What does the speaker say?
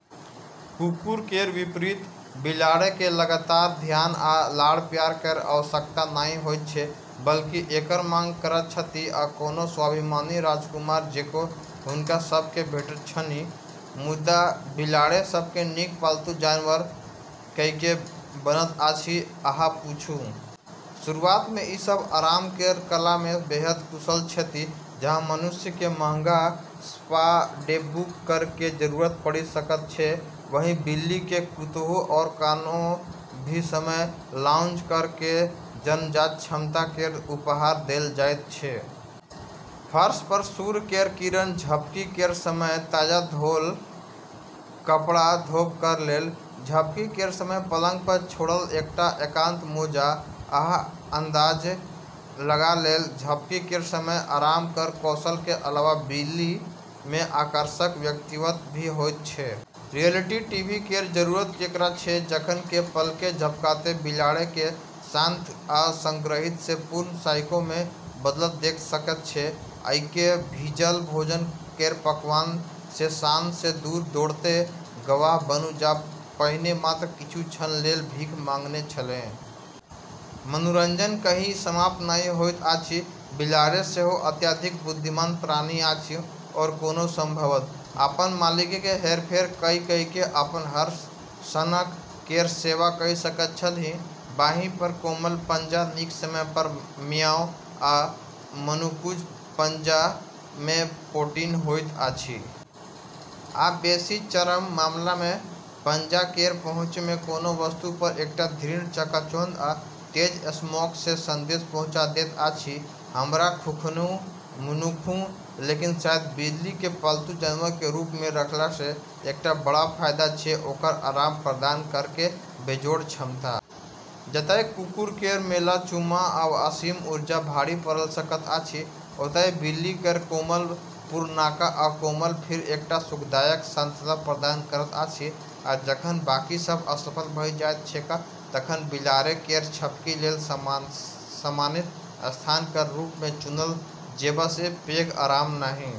कुकुर केर विपरीत बिलाड़ि केँ लगातार ध्यान आ लाड़-प्यार केर आवश्यकता नहि होइत छै। बल्कि एकर मांग करैत छथि। आ, कोनो स्वाभिमानी राजकुमार जकाँ, हुनका सभ केँ भेटैत छनि। मुदा बिलाड़ि सब सँ नीक पालतू जानवर किएक बनैत अछि, अहाँ पूछू? शुरुआत मे ई सब आराम केर कला मे बेहद कुशल छैथ। जहाँ मनुष्य केँ महंगा स्पा डे बुक करै केर जरूरत पड़ि सकैत छै, वहीं बिल्ली केँ कतहु आरू कोनो भी समय लाउंज करै केर जन्मजात क्षमता केर उपहार देल जाइत छै। फर्श पर सूर्य केर किरण? झपकी केर समय। ताजा धोल कपड़ा धोबै केर? झपकी केर समय। पलंग पर छोड़ल एकटा एकांत मोजा? अहाँ अंदाज लगा लेलह। झपकी केर समय। आराम केर कौशल के अलावा बिल्ली मे आकर्षक व्यक्तित्व भी होइत छै। रियलिटी टीवी केर जरूरत केकरा छै जखन कि पलक झपकैत बिलाड़ि केँ शांत आ संग्रहित सँ पूर्ण साइको मे बदलैत देख सकैत छी। आकि भीजल भोजन केर पकवान सँ शान सँ दूर दौड़ैत गवाह बनू जे पहिने मात्र किछु क्षण लेल भीख मँगने छलाह? मनोरंजन कहियो समाप्त नहि होइत अछि। बिलाड़ि सेहो अत्यधिक बुद्धिमान प्राणी अछि। आओर कोना संभवतः अपन मालिक केँ हेरफेर कऽ कऽ अपन हर सनक केर सेवा कऽ सकैत छलाह। बाँहि पर कोमल पंजा, नीक समय पर म्याऊ, आ मनुक्ख पंजा मे पोटीन होइत अछि। या, बेसी चरम मामला मे, पंजा केर पहुंच मे कोनो वस्तु पर एकटा दृढ़ चकाचौंध आ तेज स्मैक सँ संदेश पहुँचा दैत अछि हमरा खुआउ, मनुक्ख। लेकिन शायद बिल्ली केँ पालतू जानवर केर रूप मे रखला सँ एकटा बड़ फायदा छै कि ओकर आराम प्रदान करै केर बेजोड़ क्षमता। जतय कुकुर केर मैला चुम्मा आ असीम ऊर्जा भारी पड़ि सकैत अछि, ओतय बिल्ली केर कोमल पुरनका आ कोमल फर एकटा सुखदायक शांतता प्रदान करैत अछि। आ जखन बाकी सब असफल भऽ जाइत छैक तखन बिलाड़ि केर झपकी लेल सम्मानित स्थान केर रूप मे चुनल जेबा सँ पैघ आराम नहि।